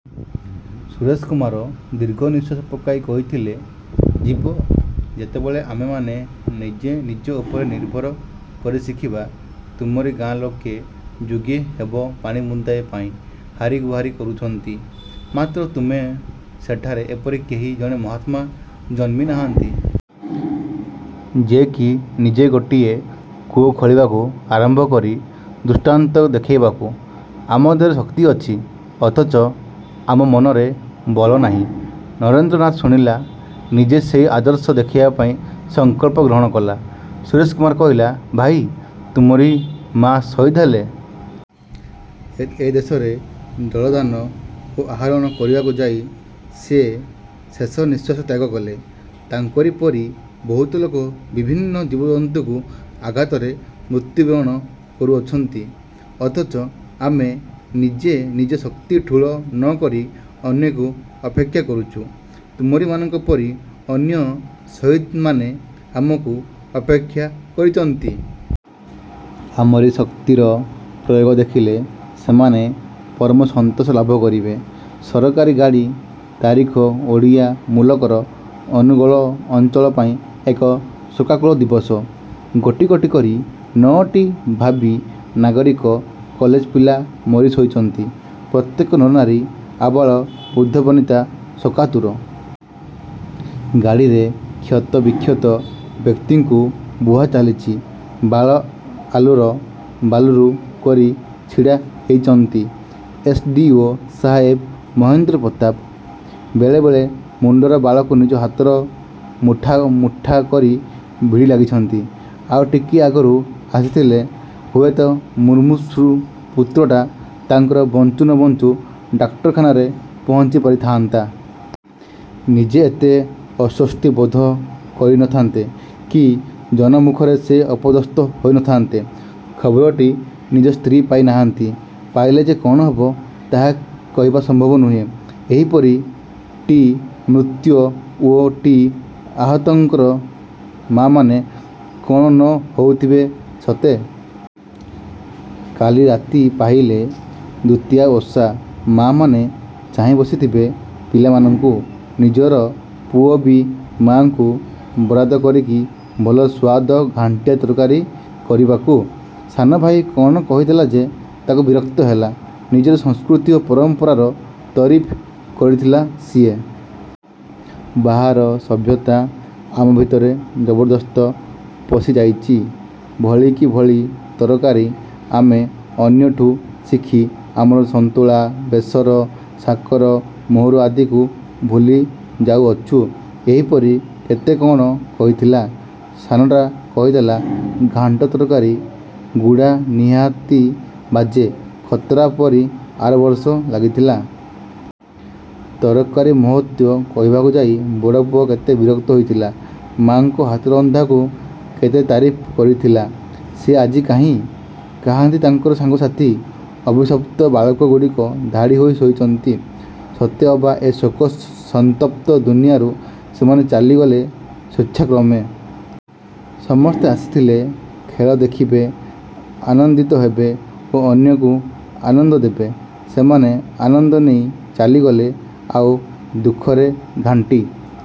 ସୁରେଶ କୁମାର ଦୀର୍ଘ ନିଶ୍ୱାସ ପକାଇ କହିଥିଲେ—ଯିବ। ଯେତେବେଳେ ଆମେମାନେ ନିଜେ ନିଜ ଉପରେ ନିର୍ଭର କରିଶିଖିବା। ତୁମରି ଗାଁ ଲୋକେ ଯୁଗେ ହେବ ପାଣି ମୁନ୍ଦାଏ ପାଇଁ ହାରି ଗୁହାରୀ କରୁଚନ୍ତି; ମାତ୍ର ତୁମ ସେଠାରେ ଏପରି କେହି ଜଣେ ମାହାତ୍ମା ଜନ୍ମି ନାହାନ୍ତି। ଯେକି ନିଜେ ଗୋଟିଏ କୂଅ ଖୋଳିବାକୁ ଆରମ୍ଭ କରି ଦୃଷ୍ଟାନ୍ତ ଦେଖାଇବାକୁ। ଆମ ଦେହରେ ଶକ୍ତି ଅଛି; ଅଥଚ ଆମ ମନରେ ବଳନାହିଁ। ନରେନ୍ଦ୍ରନାଥ ଶୁଣିଲା। ନିଜେ ସେହି ଆଦର୍ଶ ଦେଖାଇବା ପାଇଁ ସଂକଳ୍ପ ଗ୍ରହଣ କଲା। ସୁରେଶ କୁମାର କହିଲା—ଭାଇ, ତୁମରି ମା ଶହୀଦ୍ ହେଲେ। ଏ ଦେଶରେ ଜଳଦାନ ଓ ଆହରଣ କରିବାକୁ ଯାଇ ସେ ଶେଷ ନିଶ୍ୱାସ ତ୍ୟାଗକଲେ। ତାଙ୍କରି ପରି ବହୁତ ଲୋକ ବିଭିନ୍ନ ଜୀବଜନ୍ତୁଙ୍କୁ ଆଘାତରେ ମୃତ୍ୟୁ ବରଣ କରୁଅଛନ୍ତି। ଅଥଚ ଆମେ ନିଜେ ନିଜ ଶକ୍ତି ଠୁଳ ନ କରି ଅନ୍ୟକୁ ଅପେକ୍ଷା କରୁଚୁ। ତୁମରିମାନଙ୍କ ପରି ଅନ୍ୟ ଶହୀଦ୍ମାନେ ଆମକୁ ଅପେକ୍ଷା କରିଚନ୍ତି। ଆମରି ଶକ୍ତିର ପ୍ରୟୋଗ ଦେଖିଲେ ସେମାନେ ପରମ ସନ୍ତୋଷ ଲାଭ କରିବେ। ସରକାରୀ ଗାଡ଼ି ତାରିଖ ଓଡ଼ିଶା ମୂଲକର ଅନୁଗୋଳ ଅଞ୍ଚଳ ପାଇଁ ଏକ ଶୋକାକୁଳ ଦିବସ। ଗୋଟି ଗୋଟି କରି ନଅଟି ଭାବୀ ନାଗରିକ କଲେଜ ପିଲା ମରି ଶୋଇଚନ୍ତି। ପ୍ରତ୍ୟେକ ନର ନାରୀ, ଆବାଳ ବୃଦ୍ଧ ବନିତା ଶୋକାତୁର। ଗାଡ଼ିରେ କ୍ଷତ ବିକ୍ଷତ ବ୍ୟକ୍ତିଙ୍କୁ ବୁହା ଚାଲିଚି। ବାଳ ଆଲୁର ବାଲୁରୁ କରି ଛିଡ଼ା ହେଇଚନ୍ତି ଏସ୍. ଡ଼ି. ଓ. ସାହେବ ମହେନ୍ଦ୍ର ପ୍ରତାପ। ବେଳେ ବେଳେ ମୁଣ୍ତର ବାଳକୁ ନିଜ ହାତରେ ମୁଠା ମୁଠା କରି ଭିଡ଼ି ଲାଗିଛନ୍ତି। ଆଉ ଟିକିଏ ଆଗରୁ ଆସିଥିଲେ ହୁଏତ ମୁମୂର୍ଷୁ ପୁତ୍ରଟା ତାଙ୍କର ବଞ୍ଚୁ ନ ବଞ୍ଚୁ ଡାକ୍ତରଖାନାରେ ପହୁଞ୍ଚି ପାରି ଥାଆନ୍ତା। ନିଜେ ଏତେ ଅଶ୍ୱସ୍ତି ବୋଧ କରି ନ ଥାଆନ୍ତେ କି ଜନମୁଖରେ ସେ ଅପଦସ୍ଥ ହୋଇ ନ ଥାଆନ୍ତେ। ଖବରଟି ନିଜ ସ୍ତ୍ରୀ ପାଇ ନାହାନ୍ତି। ପାଇଲେ ଯେ କ'ଣ ହେବ, ତାହା କହିବା ସମ୍ଭବ ନୁହେଁ। ଏହିପରି ଟି ମୃତ ଓ ଟି ଆହତଙ୍କର ମା'ମାନେ କ'ଣ ନ ହେଉଥିବେ ସତେ! କାଲି ରାତି ପାହିଲେ ଦୁତୀୟା ଓଷା। ମା' ମାନେ ଚାହିଁ ବସିଥିବେ ପିଲାମାନଙ୍କୁ। ନିଜର ପୁଅ ବି ମାଙ୍କୁ ବରାଦ କରିବି ଭଲ ସୁଆଦ ଘାଣ୍ଟିଆ ତରକାରୀ କରିବାକୁ। ସାନ ଭାଇ କ'ଣ କହି ଦେଲା ଯେ, ତାକୁ ବିରକ୍ତ ହେଲା। ନିଜର ସଂସ୍କୃତି ଓ ପରମ୍ପରାର ତରିଫ କରିଥିଲା ସିଏ। ବାହାର ସଭ୍ୟତା ଆମ ଭିତରେ ଜବରଦସ୍ତ ପଶିଯାଇଚି। ଭଳିକି ଭଳି ତରକାରୀ ଆମେ ଅନ୍ୟଠୁ ଶିଖି ଆମର ସନ୍ତୁଳା, ବେସର, ସାକର, ମହୁର ଆଦିକୁ ଭୁଲି ଯାଉଅଛୁ। ଏହିପରି କେତେ କ'ଣ କହିଥିଲା। ସାନଟା କହିଦେଲା— ଘାଣ୍ଟ ତରକାରୀ ଗୁଡ଼ା ନିହାତି ବାଜେ, ଖତରା ପରି ଆରବର୍ଷ ଲାଗିଥିଲା। ତରକାରୀର ମହତ୍ତ୍ୱ କହିବାକୁ ଯାଇ ବଡ଼ ପୁଅ କେତେ ବିରକ୍ତ ହୋଇଥିଲା। ମା'ଙ୍କ ହାତ ରନ୍ଧାକୁ କେତେ ତାରିଫ କରିଥିଲା। ସେ ଆଜି କାହିଁ? କାହାନ୍ତି ତାଙ୍କର ସାଙ୍ଗ ସାଥୀ? ଅଭିଶପ୍ତ ବାଳକଗୁଡ଼ିକ ଧାଡ଼ି ହୋଇ ଶୋଇଚନ୍ତି। ସତେ ଅବା ଏ ଶୋକ ସନ୍ତପ୍ତ ଦୁନିଆରୁ ସେମାନେ ଚାଲିଗଲେ ସ୍ୱେଚ୍ଛାକ୍ରମେ-। ସମସ୍ତେ ଆସିଥିଲେ ଖେଳ ଦେଖିବେ। ଆନନ୍ଦିତ ହେବେ ଓ ଅନ୍ୟକୁ ଆନନ୍ଦ ଦେବେ-। ସେମାନେ ଆନନ୍ଦ ନେଇ ଚାଲିଗଲେ ଆଉ ଦୁଃଖରେ ଘାଣ୍ଟି